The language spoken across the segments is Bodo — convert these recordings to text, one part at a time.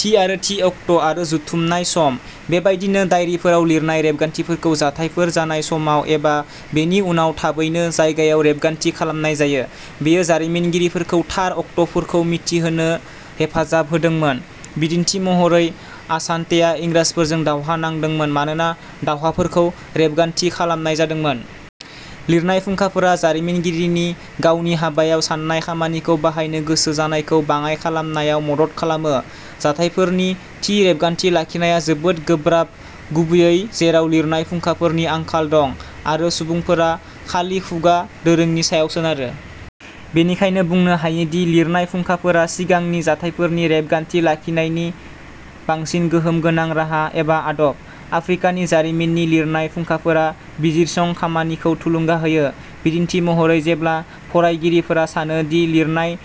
थि आरो थि अक्ट' आरो जथुमनाय सम। बेबायदिनो दाइरिफोराव लिरनाय रेबगान्थिफोरखौ जाथायफोर जानाय समाव एबा बेनि उनाव थाबैनो जायगायाव रेबगान्थि खालामनाय जायो। बेयो जारिमिनगिरिफोरखौ थार अक्ट'फोरखौ मिथिनो हेफाजाब होदोंमोन बिदिन्थि महरै आसान्तेआ इंराजफोरजों दावहा नांदोंमोन मानोना दावहाफोरखौ रेबगान्थि खालामनाय जादोंमोन। लिरनाय फुंखाफोरा जारिमिनगिरिनि गावनि हाबायाव सान्नाय खामानिखौ बाहायनो गोसो जानायखौ बाङाइ खालामनायाव मदद खालामो। जाथायफोरनि थि रेबगान्थि लाखिनाया जोबोद गोब्राब गुबैयै जेराव लिरनाय फुंखाफोरनि आंखाल दं आरो सुबुंफोरा खालि खुगा दोरोंनि सायाव सोनारो। बेनिखायनो बुंनो हायो दि लिरनाय फुंखाफोरा सिगांनि जाथायफोरनि रेबगान्थि लाखिनायनि बांसिन गोहोम गोनां राहा एबा आदब। आफ्रिकानि जारिमिननि लिरनाय फुंखाफोरा बिजिरसं खामानिखौ थुलुंगा होयो। बिदिन्थि महरै जेब्ला फरायगिरिफोरा सानो दि लिरनाय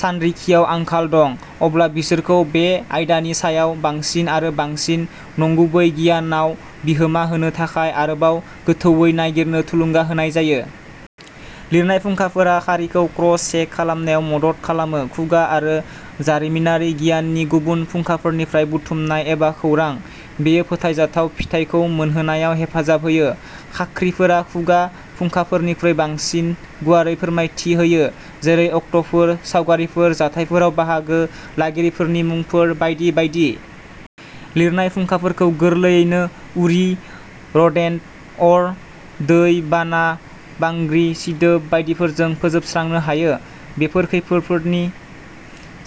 सानरिखियाव आंखाल दं अब्ला बिसोरखौ बे आयदानि सायाव बांसिन आरो बांसिन नंगुबै गियानआव बिहोमा होनो थाखाय आरोबाव गोथौवै नागिरनो थुलुंगा होनाय जायो। लिरनाय फुंखाफोरा खारिखौ क्रस चेक खालामनायाव मदद खालामो। खुगा आरो जारिमिनारि गियाननि गुबुन फुंखाफोरनिफ्राय बुथुमनाय एबा खौरां। बेयो फोथायजाथाव फिथाइखौ मोनहोनायाव हेफाजाब होयो। खाख्रिफोरा खुगा फुंखाफोरनिख्रुइ बांसिन गुवारै फोरमायथि होयो जेरै अक्ट'फोर सावगारिफोर जाथायफोराव बाहागो लागिरिफोरनि मुंफोर बायदि बायदि। लिरनाय फुंखाफोरखौ गोरलैयैनो उरि रोदेन्ट अर दै बाना बांग्रि सिदोब बायदिफोरजों फोजोबस्रांनो हायो। बेफोर खैफोदफोरनि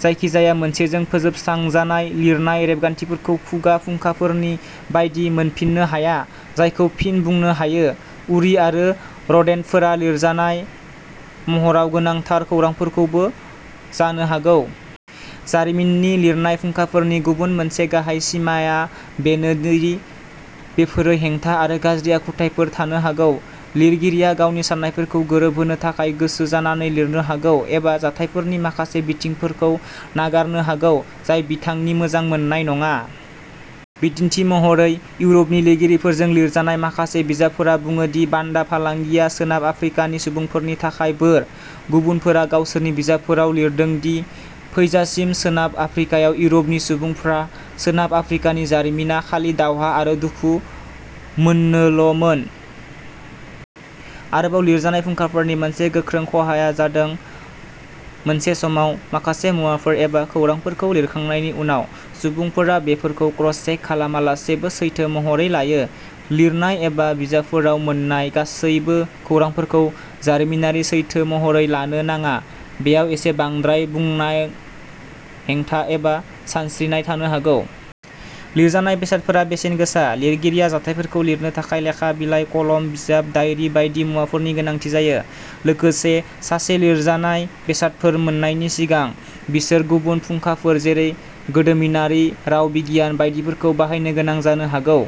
जायखिजाया मोनसेजों फोजोबस्रांजानाय लिरनाय रेबगान्थिफोरखौ खुगा फुंखाफोरनि बायदि मोनफिन्नो हाया जायखौ फिन बुंनो हायो। उरि आरो रोदेन्टफोरा लिरजानाय महराव गोनांथार खौरांफोरखौबो जानो हागौ। जारिमिननि लिरनाय फुंखाफोरनि गुबुन मोनसे गाहाय सिमाआ बेनो दि बेफोरो हेंथा आरो गाज्रि आखुथायफोर थानो हागौ। लिरगिरिया गावनि साननायफोरखौ गोरोबहोनो थाखाय गोसो जानानै लिरनो हागौ एबा जाथायफोरनि माखासे बिथिंफोरखौ नागारनो हागौ जाय बिथांनि मोजां मोननाय नङा। बिदिन्थि महरै इउर'पनि लिरगिरिफोरजों लिरजानाय माखासे बिजाबफोरा बुङो दि बान्दा फालांगिआ सोनाब आफ्रिकानि सुबुंफोरनि थाखाय बोर। गुबुनफोरा गावसोरनि बिजाबफोराव लिरदों दि फैजासिम सोनाब आफ्रिकायाव इउरपनि सुबुंफ्रा सोनाब आफ्रिकानि जारिमिना खालि दावहा आरो दुखु मोननोल'मोन। आरोबाव लिरजानाय फुंखाफोरनि मोनसे गोख्रों खहाआ जादों मोनसे समाव माखासे मुवाफोर एबा खौरांफोरखौ लिरखांनायनि उनाव सुबुंफोरा बेफोरखौ क्रसचेक खालामालासेबो सैथो महरै लायो। लिरनाय एबा बिजाबफोराव मोन्नाय गासैबो खौरांफोरखौ जारिमिनारि सैथो महरै लानो नाङा बेयाव एसे बांद्राय बुंफोरनाय हेंथा एबा सानस्रिनाय थानो हागौ। लिरजानाय बेसादफोरा बेसेन गोसा। लिरगिरिया जाथायफोरखौ लिरनो थाखाय लेखा बिलाइ कलम बिजाब दाइरि बायदि मुवाफोरनि गोनांथि जायो। लोगोसे सासे लिरजानाय बेसादफोर मोननायनि सिगां बिसोर गुबुन फुंखाफोर जेरै गोदोमिनारि राव बिगियान बायदिफोरखौ बाहायनो गोनां जानो हागौ।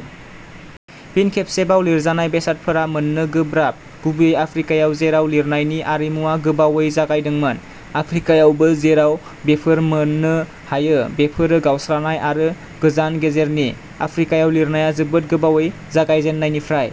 फिन खेबसेबाव लिरजानाय बेसादफोरा मोननो गोब्राब गुबैयै आफ्रिकायाव जेराव लिरनायनि आरिमुआ गोबावै जागायदोंमोन। आफ्रिकायावबो जेराव बेफोर मोननो हायो बेफोरो गावस्रानाय आरो गोजान गेजेरनि। आफ्रिकायाव लिरनाया जोबोद गोबावै जागायजेन्नायनिफ्राय।